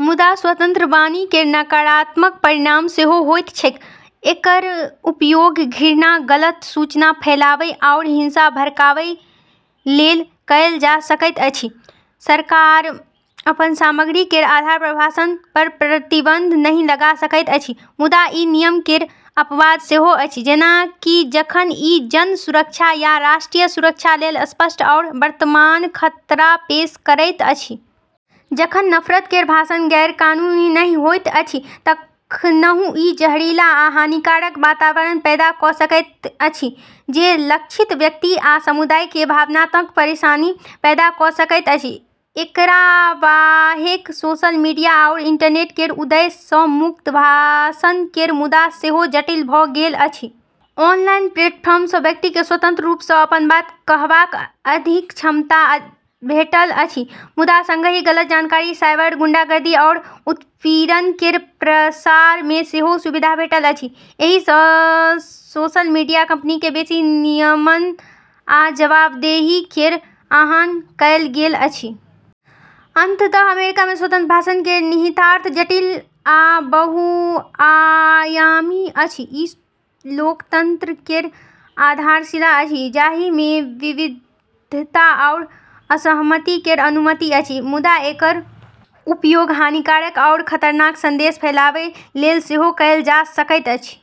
मुदा, स्वतंत्र वाणी केर नकारात्मक परिणाम सेहो होइत छैक। एकर उपयोग घृणा, गलत सूचना फैलाबै आओर हिंसा भड़काबै लेल कएल जा सकैत अछि। सरकार अपन सामग्री केर आधार पर भाषण पर प्रतिबंध नहि लगा सकैत अछि, मुदा ई नियम केर अपवाद सेहो अछि, जेना कि जखन ई जन सुरक्षा या राष्ट्रीय सुरक्षा लेल स्पष्ट आओर वर्तमान खतरा पेश करैत अछि। जखन नफरत केर भाषण गैरकानूनी नहि होइत अछि तखनहु ई जहरीला आ हानिकारक वातावरण पैदा कऽ सकैत अछि, जे लक्षित व्यक्ति आ समुदाय केँ भावनात्मक परेशानी पैदा कऽ सकैत अछि। एकरा बाहेक सोशल मीडिया आओर इंटरनेट केर उदय सँ मुक्त भाषण केर मुद्दा सेहो जटिल भऽ गेल अछि। ऑनलाइन प्लेटफॉर्म सँ व्यक्ति केँ स्वतंत्र रूप सँ अपन बात कहबाक अधिक क्षमता भेटल अछि, मुदा संगहि गलत जानकारी, साइबर गुंडागर्दी, आओर उत्पीड़न केर प्रसार मे सेहो सुविधा भेटल अछि। एहि सँ सोशल मीडिया कंपनी केँ बेसी नियमन आ जवाबदेही केर आह्वान कएल गेल अछि। अंततः अमेरिका मे स्वतंत्र भाषण केर निहितार्थ जटिल आ बहुआयामी अछि। ई लोकतंत्र केर आधारशिला अछि, जाहि मे विविधता आओर असहमति केर अनुमति अछि, मुदा एकर उपयोग हानिकारक आओर खतरनाक संदेश फैलाबै लेल सेहो कएल जा सकैत अछि।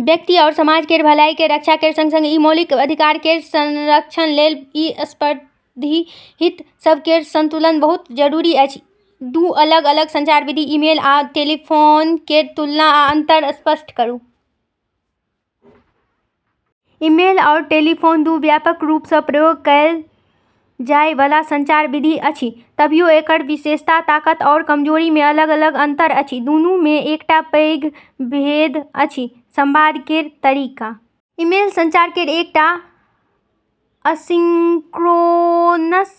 व्यक्ति आओर समाज केर भलाई केर रक्षा केर संग-संग ई मौलिक अधिकार केर संरक्षण लेल ई प्रतिस्पर्धी हित सभ केर संतुलन बहुत जरूरी अछि। दू अलग-अलग संचार विधि ईमेल आ टेलीफोन केर तुलना आ अंतर स्पष्ट करू। ईमेल आओर टेलीफोन दू व्यापक रूप सँ प्रयोग कएल जाय बला संचार विधि अछि, तभियो एकर विशेषता, ताकत आओर कमजोरी मे अलग-अलग अंतर अछि। दुनू मे एकटा पैघ भेद अछि संवाद केर तरीका। ईमेल संचार केर एकटा असिंक्रोनस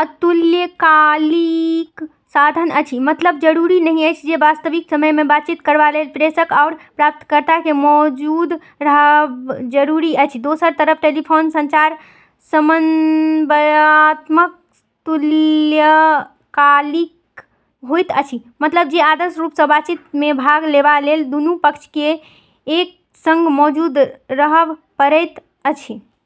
अतुल्यकालिक साधन अछि, मतलब जरूरी नहि अछि जे वास्तविक समय मे बातचीत करबा लेल प्रेषक आओर प्राप्तकर्ता केँ मौजूद रहब जरूरी अछि। दोसर तरफ टेलीफोन संचार समन्वयात्मक तुल्यकालिक होइत अछि, मतलब जे आदर्श रूप सँ बातचीत मे भाग लेबा लेल दुनू पक्ष केँ एक संग मौजूद रहब पड़ैत अछि।